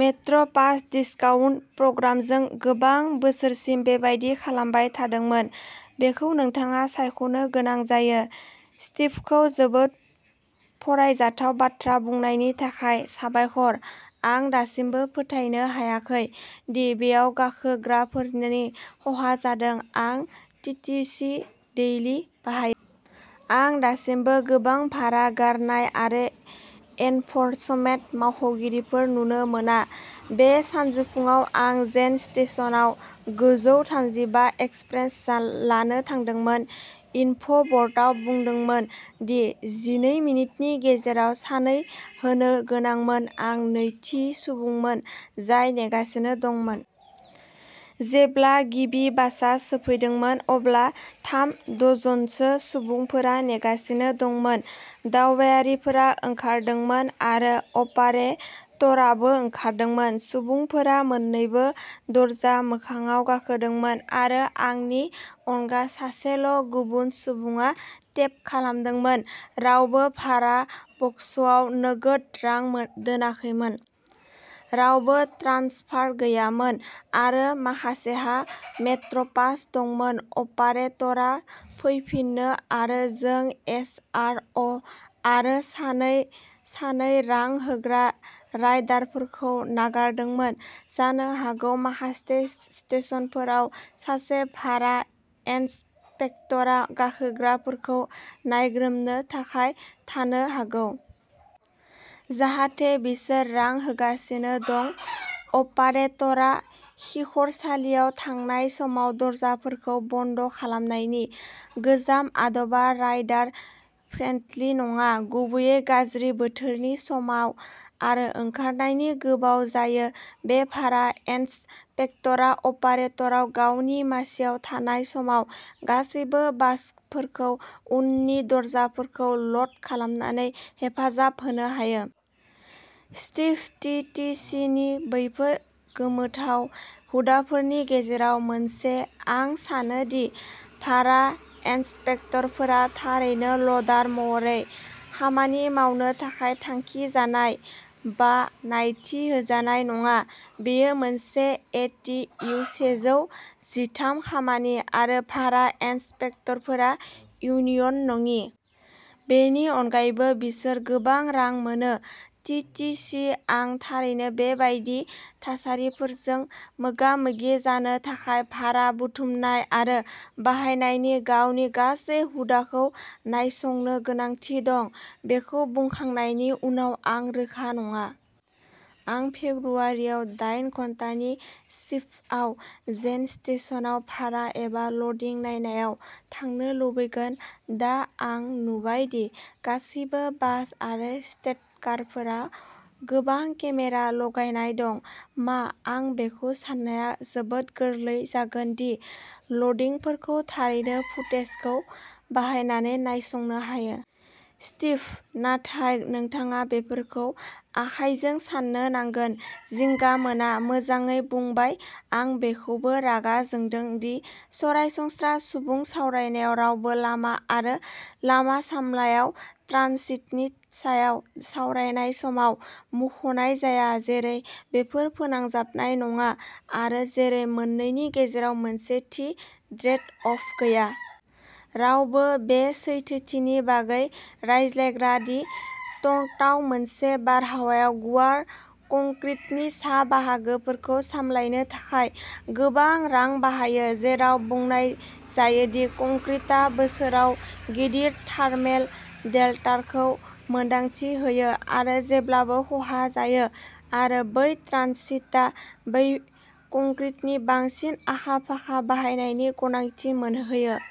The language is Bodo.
मेट्र' पास डिस्काउन्ट प्रग्रामजों गोबां बोसोरसिम बेबादि खालामबाय थादोंमोन। बेखौ नोंथाङा सायख'नो गोनां जायो। स्टिभखौ जोबोद फरायजाथाव बाथ्रा बुंनायनि थाखाय साबायखर। आं दासिमबो फोथायनो हायाखै दि बेयाव गाखोग्राफोरनि खहा जादों। आं टिटिसि डेइलि बाहायो। आं दासिमबो गोबां भारा गारनाय आरो एनफरसमेन्ट मावख'गिरिफोर नुनो मोना। बे सानजौफुआव आं जेन स्टेशनआव गोजौ थामजिबा एक्सप्रेस लानो थांदोंमोन। इनफ' बर्डआ बुंदोंमोन दि जिनै मिनिटनि गेजेराव सानै होनो गोनांमोन। आं नैथि सुबुंमोन जाय नेगासिनो दंमोन। जेब्ला गिबि बासआ सौफैदोंमोन अब्ला थाम दजनसो सुबुंफोरा नेगासिनो दंमोन। दावबायारिफोरा ओंखारदोंमोन आरो अपारेटरआबो ओंखारदोंमोन। सुबुंफोरा मोननैबो दरजा मोखांआव गाखोदोंमोन आरो आंनि अनगा सासेल' गुबुन सुबुङा टेप खालामदोंमोन। रावबो भारा बक्सआव नोगोद रां दोनाखैमोन। रावबो ट्रान्सफार गैयामोन। आरो माखासेहा मेट्र' पास दंमोन। अपारेटरआ फैफिनो आरो जों एस आर अ' आरो सानै सानै रां होग्रा राइडारफोरखौ नागारदोंमोन। जानो हागौ माखासे स्टेशनफोराव सासे भारा इन्सपेक्टरआ गाखोग्राफोरखौ नायग्रोमनो थाखाय थानो हागौ। जाहाथे बिसोर रां होगासिनो दं। अपारेटरआ खिखरसालियाव थांनाय समाव दरजाफोरखौ बन्द खालामनायनि गोजाम आदबा राइडार फ्रेन्डलि नङा। गुबैयै गाज्रि बोथोरनि समाव आरो ओंखारनायनि गोबाव जायो। बे भारा इन्सपेक्टर अपारेटरआ गावनि मासिआव थानाय समाव गासैबो बासफोरखौ उननि दरजाफोरखौ ल'ड खालामनानै हेफाजाब होनो हायो। स्टीभ: टि टि सि नि बैफोर गोमोथाव हुदाफोरनि गेजेराव मोनसे आं सानो दि भारा इन्सपेक्टरफोरा थारैनो ल'डार महरै खामानि मावनो थाखाय थांखिजानाय बा नायथि होजानाय नङा। बेयो मोनसे ए टि इउ सेजौ जिथाम खामानि आरो भारा इन्सपेक्टरफोरा इउनियन नङि। बेनि अनगायैबो बिसोर गोबां रां मोनो। टि टि सि आं थारैनो बे बायदि थासारिफोरजों मोगा-मोगि जानो थाखाय भारा बुथुमनाय आरो बाहायनायनि गावनि गासै हुदाखौ नायसंनो गोनांथि दं। बेखौ बुंखांनायनि उनाव आं रोखा नङा। आं फेब्रुवारियाव दाइन घन्टानि सिफ्टआव जेन स्टेशनआव भारा एबा ल'डिं नायनायाव थांनो लुबैगोन। दा आं नुबाय दि गासिबो बास आरो स्ट्रिटकारफोरा गोबां केमेरा लागायनाय दं। मा आं बेखौ साननाया जोबोद गोरलै जागोन दि ल'डिंफोरखौ थारैनो फुटेजखौ बाहायनानै नायसंनो हायो। स्टीभः नाथाय नोंथाङा बेफोरखौ आखाइजों साननो नांगोन। जिंगा मोना। मोजाङै बुंबाय। आं बेखौबो रागा जोंदों दि सरासनस्रा सुबुं सावरायनायाव रावबो लामा आरो लामा सामलायाव ट्रानजिटनि सायाव सावरायनाय समाव मुंख'नाय जाया। जेरै बेफोर फोनांजाबनाय नङा आरो जेरै मोननैनि गेजेराव मोनसे थि ट्रेड अफ गैया। रावबो बे सैथोथिनि बागै रायज्लायग्रा दि टरन्ट'आ मोनसे बारहावायाव गुवार कंक्रिटनि सा बाहागोफोरखौ सामलायनो थाखाय गोबां रां बाहायो। जेराव बुंनाय जायो दि कंक्रिटआ बोसोराव गिदिर थार्मेल डेल्टाखौ मोन्दांथि होयो आरो जेब्लाबो खहा जायो आरो बै ट्रानजिटआ बै कंक्रिटनि बांसिन आखा-फाखा बाहायनायनि गनायथि मोनहोयो।